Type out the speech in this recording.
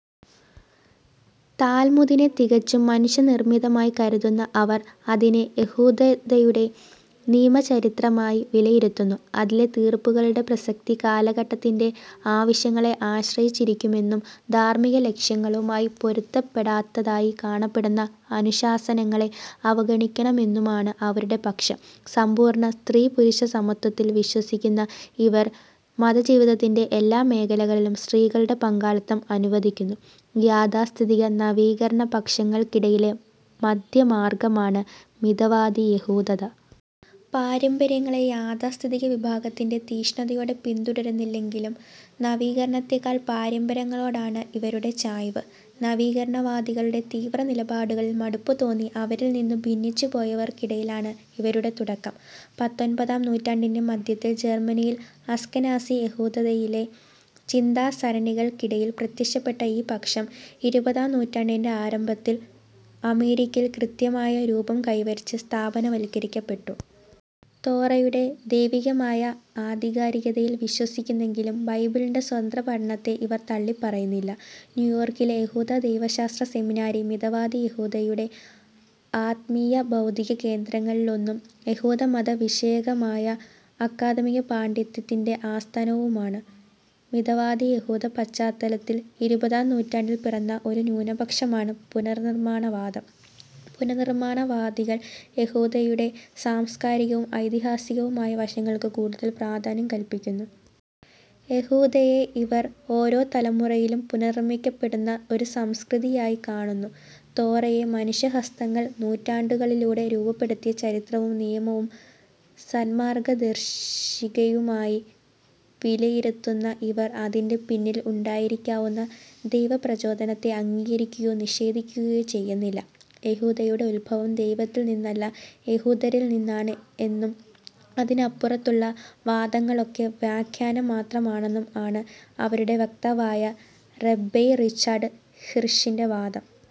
താൽമുദിനെ തികച്ചും മനുഷ്യനിർമ്മിതമായി കരുതുന്ന അവർ, അതിനെ യഹൂദതയുടെ നിയമചരിത്രമായി വിലയിരുത്തുന്നു. അതിലെ തീർപ്പുകളുടെ പ്രസക്തി കാലഘട്ടത്തിന്റെ ആവശ്യങ്ങളെ ആശ്രയിച്ചിരിക്കുമെന്നും ധാർമ്മികലക്ഷ്യങ്ങളുമായി പൊരുത്തപ്പെടാത്തതായി കാണപ്പെടുന്ന അനുശാസനങ്ങളെ അവഗണിക്കണമെന്നുമാണ് അവരുടെ പക്ഷം. സമ്പൂർണ്ണ സ്ത്രീപുരുഷസമത്വത്തിൽ വിശ്വസിക്കുന്ന ഇവർ മതജീവിതത്തിന്റെ എല്ലാം മേഖലകളിലും സ്ത്രീകളുടെ പങ്കാളിത്തം അനുവദിക്കുന്നു. യാഥാസ്ഥിതിക, നവീകരണപക്ഷങ്ങൾക്കിടയിലെ മദ്ധ്യമാർഗ്ഗമാണ് മിതവാദിയഹൂദത. പാരമ്പര്യങ്ങളെ യാഥാസ്ഥിതിക വിഭാഗത്തിന്റെ തീക്ഷ്ണതയോടെ പിന്തുടരുന്നില്ലെങ്കിലും, നവീകരണത്തേക്കാൾ പാരമ്പര്യങ്ങളോടാണ് ഇവരുടെ ചായ്‌വ് നവീകരണവാദികളുടെ തീവ്രനിലപാടുകളിൽ മടുപ്പുതോന്നി അവരിൽ നിന്നു ഭിന്നിച്ചുപോയവർക്കിടയിലാണ് ഇവരുടെ തുടക്കം. പത്തൊൻപതാം നൂറ്റാണ്ടിന്റെ മദ്ധ്യത്തിൽ ജർമ്മനിയിൽ അസ്കെനാസി യഹൂദതയിലെ ചിന്താസരണികൾക്കിടയിൽ പ്രത്യക്ഷപ്പെട്ട ഈ പക്ഷം, ഇരുപതാം നൂറ്റാണ്ടിന്റെ ആരംഭത്തിൽ അമേരിക്കയിൽ കൃത്യമായ രൂപം കൈവരിച്ച് സ്ഥാപനവൽക്കരിക്കപ്പെട്ടു. തോറയുടെ ദൈവികമായ ആധികാരികതയിൽ വിശ്വസിക്കുന്നെങ്കിലും ബൈബിളിന്റെ സ്വതന്ത്രപഠനത്തെ ഇവർ തള്ളിപ്പറയുന്നില്ല. ന്യൂയോർക്കിലെ യഹൂദ ദൈവശാസ്ത്ര സെമിനാരി, മിതവാദിയഹൂദതയുടെ ആത്മീയ, ബൗദ്ധിക കേന്ദ്രങ്ങളിലൊന്നും യഹൂദമതവിഷയകമായ അക്കാദമിക പാണ്ഡിത്യത്തിന്റെ ആസ്ഥാനവുമാണ്. മിതവാദിയഹൂദപശ്ചാത്തലത്തിൽ ഇരുപതാം നൂറ്റാണ്ടിൽ പിറന്ന ഒരു ന്യൂനപക്ഷമാണ് 'പുനർനിർമ്മാണവാദം'. പുനർനിർമ്മാണവാദികൾ യഹൂദതയുടെ സാംസ്കാരികവും ഐതിഹാസികവുമായ വശങ്ങൾക്കു കൂടുതൽ പ്രാധാന്യം കല്പിക്കുന്നു. യഹൂദതയെ ഇവർ, ഓരോ തലമുറയിലും പുനർനിർമ്മിക്കപ്പെടുന്ന ഒരു സംസ്കൃതിയായി കാണുന്നു. തോറയെ മനുഷ്യഹസ്തങ്ങൾ നൂറ്റാണ്ടുകളിലൂടെ രൂപപ്പെടുത്തിയ ചരിത്രവും നിയമവും സന്മാർഗ്ഗദർശികയുമായി വിലയിരുത്തുന്ന ഇവർ, അതിന്റെ പിന്നിൽ ഉണ്ടായിരിക്കാവുന്ന ദൈവപ്രചോദനത്തെ അംഗീകരിക്കുകയോ നിഷേധിക്കുകയോ ചെയ്യുന്നില്ല. "യഹൂദതയുടെ ഉത്ഭവം ദൈവത്തിൽ നിന്നല്ല യഹൂദരിൽ നിന്നാണ്" എന്നും അതിനപ്പുറത്തുള്ള വാദങ്ങളൊക്കെ വ്യാഖ്യാനം മാത്രമാണെന്നും ആണ് അവരുടെ വക്താവായ റബൈ റിച്ചാർഡ് ഹിർഷിന്റെ വാദം.